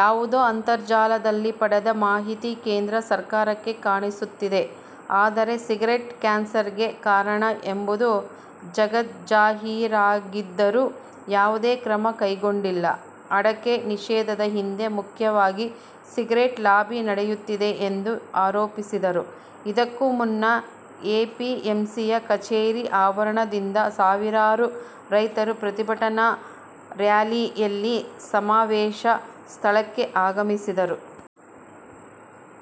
ಯಾವುದೋ ಅಂತರ್ಜಾಲದಲ್ಲಿ ಪಡೆದ ಮಾಹಿತಿ ಕೇಂದ್ರ ಸರ್ಕಾರಕ್ಕೆ ಕಾಣಿಸುತ್ತಿದೆ. ಆದರೆ ಸಿಗರೇಟ್ ಕ್ಯಾನ್ಸರ್ಗೆ ಕಾರಣ ಎಂಬುದು ಜಗಜ್ಜಾಹೀರಾಗಿದ್ದರೂ ಯಾವುದೇ ಕ್ರಮ ಕೈಗೊಂಡಿಲ್ಲ. ಅಡಕೆ ನಿಷೇಧದ ಹಿಂದೆ ಮುಖ್ಯವಾಗಿ ಸಿಗರೇಟ್ ಲಾಬಿ ನಡೆಯುತ್ತಿದೆ ಎಂದು ಆರೋಪಿಸಿದರು. ಇದಕ್ಕೂ ಮುನ್ನ ಎಪಿಎಂಸಿಯ ಕಚೇರಿ ಆವರಣದಿಂದ ಸಾವಿರಾರು ರೈತರು ಪ್ರತಿಭಟನಾ ರ್ಯಾಲಿಯಲ್ಲಿ ಸಮಾವೇಶ ಸ್ಥಳಕ್ಕೆ ಆಗಮಿಸಿದರು.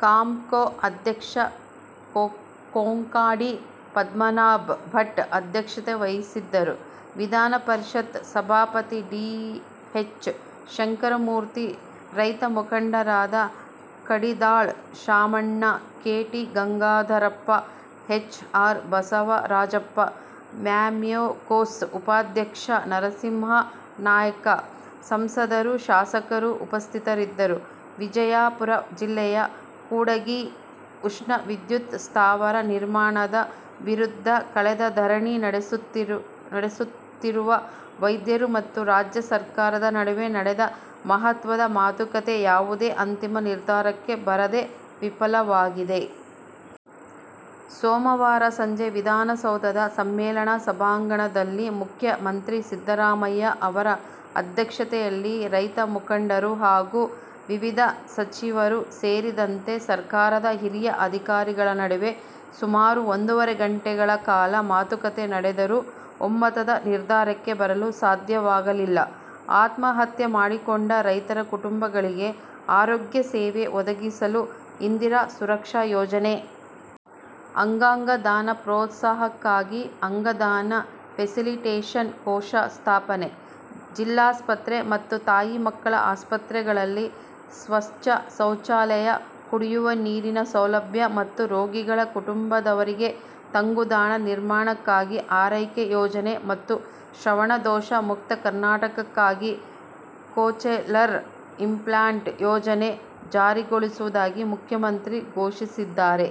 ಕಾಂಪ್ಕೊ ಅಧ್ಯಕ್ಷ ಕೊಂಕಾಡಿ ಪದ್ಮನಾಭ್ ಭಟ್ ಅಧ್ಯಕ್ಷತೆ ವಹಿಸಿದ್ದರು. ವಿಧಾನಪರಿಷತ್ ಸಭಾಪತಿ ಡಿ. ಹೆಚ್. ಶಂಕರಮೂರ್ತಿ, ರೈತ ಮುಖಂಡರಾದ Kadidal Shamanna. K. T. Gangadharappa, H. R. Basavarajappa, MAMCOS ಉಪಾಧ್ಯಕ್ಷ ನರಸಿಂಹನಾಯ್ಕ, ಸಂಸದರು, ಶಾಸಕರು ಉಪಸ್ಥಿತರಿದ್ದರು. ವಿಜಯಾ ಪುರ ಜಿಲ್ಲೆಯ ಕೂಡಗಿ ಉಷ್ಣ ವಿದ್ಯುತ್ ಸ್ಥಾವರ ನಿರ್ಮಾಣದ ವಿರುದ್ಧ ಕಳೆದ ಧರಣಿ ನಡೆಸುತ್ತಿರುವ ರೈತರು ಮತ್ತು ರಾಜ್ಯ ಸರ್ಕಾರದ ನಡುವೆ ನಡೆದ ಮಹತ್ವದ ಮಾತುಕತೆ ಯಾವುದೇ ಅಂತಿಮ ನಿರ್ಧಾರಕ್ಕೆ ಬರದೆ ವಿಫಲವಾಗಿದೆ. ಸೋಮವಾರ ಸಂಜೆ ವಿಧಾನ ಸೌಧದ ಸಮ್ಮೇಳನ ಸಭಾಂಗಣದಲ್ಲಿ ಮುಖ್ಯ ಮಂತ್ರಿ ಸಿದ್ದರಾಮಯ್ಯ ಅವರ ಅಧ್ಯಕ್ಷತೆಯಲ್ಲಿ ರೈತ ಮುಖಂಡರು ಹಾಗೂ ವಿವಿಧ ಸಚಿವರು ಸೇರಿದಂತೆ ಸರ್ಕಾರದ ಹಿರಿಯ ಅಧಿಕಾರಿಗಳ ನಡುವೆ ಸುಮಾರು ಒಂದೂವರೆ ಗಂಟೆಗಳ ಕಾಲ ಮಾತುಕತೆ ನಡೆದರೂ ಒಮ್ಮತದ ನಿರ್ಧಾರಕ್ಕೆ ಬರಲು ಸಾಧ್ಯವಾಗಲಿಲ್ಲ. ಆತ್ಮಹತ್ಯೆ ಮಾಡಿಕೊಂಡ ರೈತರ ಕುಟುಂಬಗಳಿಗೆ ಆರೋಗ್ಯ ಸೇವೆ ಒದಗಿಸಲು 'ಇಂದಿರಾ ಸುರಕ್ಷಾ ಯೋಜನೆ'. ಅಂಗಾಂಗ ದಾನ ಪ್ರೋತ್ಸಾಹಕ್ಕಾಗಿ ಅಂಗದಾನ ಫೆಸಿಲಿಟೇಷನ್ ಕೋಶ ಸ್ಥಾಪನೆ. ಜಿಲ್ಲಾಸ್ಪತ್ರೆ ಮತ್ತು ತಾಯಿ ಮಕ್ಕಳ ಆಸ್ಪತ್ರೆಗಳಲ್ಲಿ ಸ್ವತ್ಛ ಶೌಚಾಲಯ, ಕುಡಿಯುವ ನೀರಿನ ಸೌಲಭ್ಯ ಮತ್ತು ರೋಗಿಗಳ ಕುಟುಂಬದವರಿಗೆ ತಂಗುದಾಣ ನಿರ್ಮಾಣಕ್ಕಾಗಿ 'ಆರೈಕೆ ಯೋಜನೆ' ಮತ್ತು ಶ್ರವಣ ದೋಷ ಮುಕ್ತ ಕರ್ನಾಟಕಕ್ಕಾಗಿ 'ಕೊಚೆಲರ್ ಇಂಪ್ಲಾಂಟ್' ಯೋಜನೆ ಜಾರಿಗೊಳಿಸುವುದಾಗಿ ಮುಖ್ಯಮಂತ್ರಿ ಘೋಷಿಸಿದ್ದಾರೆ.